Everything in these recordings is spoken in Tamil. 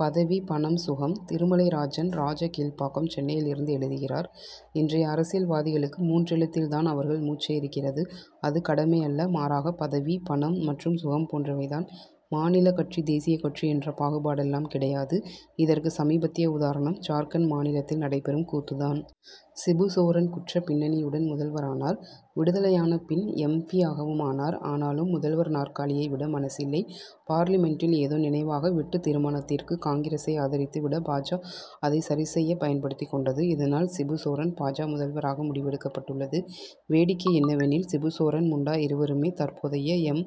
பதவி பணம் சுகம்! திருமலை ராஜன் ராஜகீழ்ப்பாக்கம் சென்னையிலிருந்து எழுதுகிறார் இன்றைய அரசியல்வாதிகளுக்கு மூன்றெழுத்தில் தான் அவர்கள் மூச்சே இருக்கிறது. அது கடமை அல்ல மாறாக பதவி பணம் மற்றும் சுகம் போன்றவை தான். மாநிலக் கட்சி தேசியக் கட்சி என்ற பாகுபாடெல்லாம் கிடையாது. இதற்கு சமீபத்திய உதாரணம் ஜார்க்கண்ட் மாநிலத்தில் நடைபெறும் கூத்து தான். சிபுசோரன் குற்றப்பின்னணியுடன் முதல்வரானார். விடுதலையான பின் எம். பி.யாகவும் ஆனார். ஆனாலும் முதல்வர் நாற்காலியை விட மனசில்லை. பார்லிமென்டில் ஏதோ நினைவாக வெட்டுத்தீர்மானத்திற்கு காங்கிரசை ஆதரித்து விட பா. ஜ. அதைச் சரியாகப் பயன்படுத்திக் கொண்டது. இதனால் சிபுசோரன் பா. ஜ. முதல்வராக முடிவெடுக்கப்பட்டுள்ளது. வேடிக்கை என்னவெனில் சிபுசோரன் முண்டா இருவருமே தற்போதைய எம்.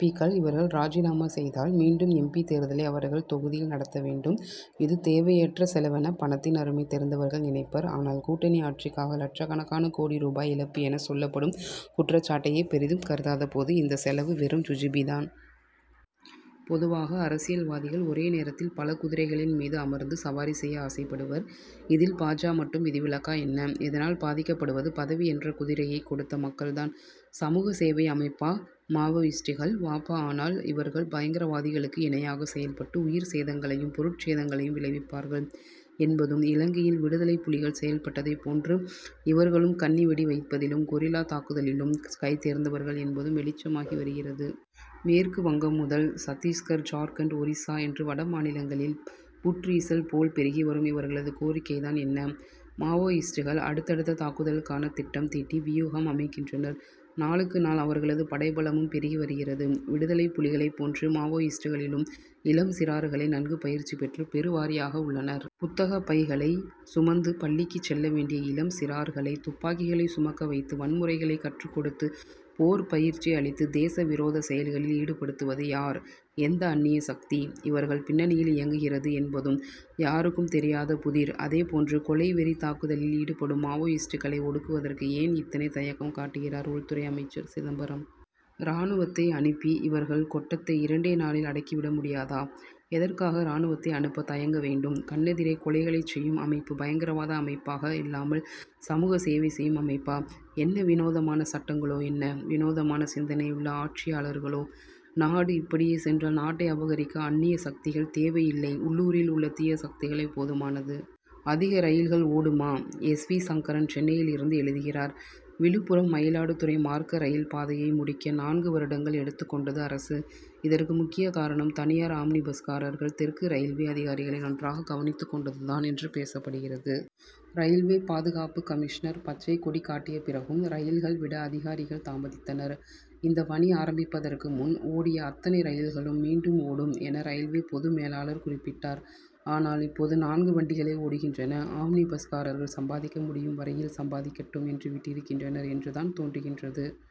பி.க்கள். இவர்கள் ராஜினாமா செய்தால் மீண்டும் எம். பி. தேர்தலை அவர்கள் தொகுதியில் நடத்த வேண்டும். இது தேவையற்ற செலவென பணத்தின் அருமை தெரிந்தவர்கள் நினைப்பர். ஆனால் கூட்டணி ஆட்சிக்காக லட்சக்கணக்கான கோடி ரூபாய் இழப்பு என சொல்லப்படும் குற்றச்சாட்டையே பெரிதும் கருதாத போது இந்தச் செலவு வெறும் ஜுஜுபி தான். பொதுவாக அரசியல்வாதிகள் ஒரே நேரத்தில் பல குதிரைகளின் மீது அமர்ந்து சவாரி செய்ய ஆசைப்படுவர். இதில் பா. ஜ. மட்டும் விதிவிலக்கா என்ன? இதனால் பாதிக்கப்படுவது பதவி என்ற குதிரையைக் கொடுத்த மக்கள் தான்! சமூக சேவை அமைப்பா மாவோயிஸ்டுகள்? வ. ப. ஆனால் இவர்கள் பயங்கரவாதிகளுக்கு இணையாக செயல்பட்டு உயிர் சேதங்களையும் பொருட்சேதங்களையும் விளைவிப்பவர்கள் என்பதும் இலங்கையில் விடுதலைப்புலிகள் செயல்பட்டதைப் போன்று இவர்களும் கண்ணிவெடி வைப்பதிலும் கொரில்லா தாக்குதலிலும் கைதேர்ந்தவர்கள் என்பதும் வெளிச்சமாகி வருகிறது. மேற்கு வங்கம் முதல் சத்திஸ்கர் ஜார்க்கண்ட் ஒரிசா என்று வடமாநிலங்களில் புற்றீசல் போல் பெருகி வரும் இவர்களது கோரிக்கை தான் என்ன? மாவோயிஸ்டுகள் அடுத் தடுத்த தாக்குதலுக்கான திட்டம் தீட்டி வியூகம் அமைக்கின்றனர். நாளுக்கு நாள் அவர்களது படைபலமும் பெருகி வருகிறது. விடுதலைப் புலிகளைப் போன்று மாவோயிஸ்டுகளிலும் இளம் சிறார்களே நன்கு பயிற்சி பெற்று பெருவாரியாக உள்ளனர். புத்தகப் பைகளை சுமந்து பள்ளிக்குச் செல்ல வேண்டிய இளம் சிறார்களை துப்பாக்கிகளை சுமக்க வைத்து வன்முறைகளை கற்றுக் கொடுத்து போர் பயிற்சி அளித்து தேச விரோதச் செயல்களில் ஈடுபடுத்துவது யார் எந்த அன்னிய சக்தி இவர்கள் பின்னியில் இயங்குகிறது என்பதும் யாருக்கும் தெரியாத புதிர். அதேபோன்று கொலை வெறித் தாக்குதலில் ஈடுபடும் மாவோயிஸ்டுகளை ஒடுக்குவதற்கு ஏன் இத்தனை தயக்கம் காட்டுகிறார் உள்துறை அமைச்சர் சிதம்பரம். ராணுவத்தை அனுப்பி இவர்கள் கொட்டத்தை இரண்டே நாளில் அடக்கி விட முடியாதா? எதற்காக ராணுவத்தை அனுப்ப தயங்க வேண்டும்? கண்ணெதிரே கொலைகளைச் செய்யும் அமைப்பு பயங்கரவாத அமைப்பாக இல்லாமல் சமூக சேவை செய்யும் அமைப்பா? என்ன வினோதமான சட்டங்களோஎன்ன வினோதமான சிந்தனையுள்ள ஆட்சியாளர்களோ! நாடு இப்படியே சென்றால் நாட்டை அபகரிக்க அன்னிய சக்திகள் தேவையில்லை உள்ளூரில் உள்ள தீய சக்திகளே போதுமானது. அதிக ரயில்கள் ஓடுமா? எஸ். வி. சங்கரன் சென்னையிலிருந்து எழுதுகிறார்: விழுப்புரம் மயிலாடுதுறை மார்க்க ரயில் பாதையை முடிக்க நான்கு வருடங்கள் எடுத்துக் கொண்டது அரசு. இதற்கு முக்கிய காரணம் தனியார் ஆம்னி பஸ்காரர்கள் தெற்கு ரயில்வே அதிகாரிகளை நன்றாக கவனித்துக் கொண்டது தான் என்று பேசப்படுகிறது. ரயில்வே பாதுகாப்பு கமிஷனர் பச்சை கொடி காட்டிய பிறகும் ரயில்கள் விட அதிகாரிகள் தாமதித்தனர். இந்தப்பணி ஆரம்பிப்பதற்கு முன் ஓடிய அத்தனை ரயில்களும் மீண்டும் ஓடும் என ரயில்வே பொது மேலாளர் குறிப்பிட்டார். ஆனால் இப்போது நான்கு வண்டிகளே ஓடுகின்றன. ஆம்னி பஸ்காரர்கள் சம்பாதிக்க முடியும் வரையில் சம்பாதிக்கட்டும் என்று விட்டிருக்கின்றனர் என்று தான் தோன்றுகிறது.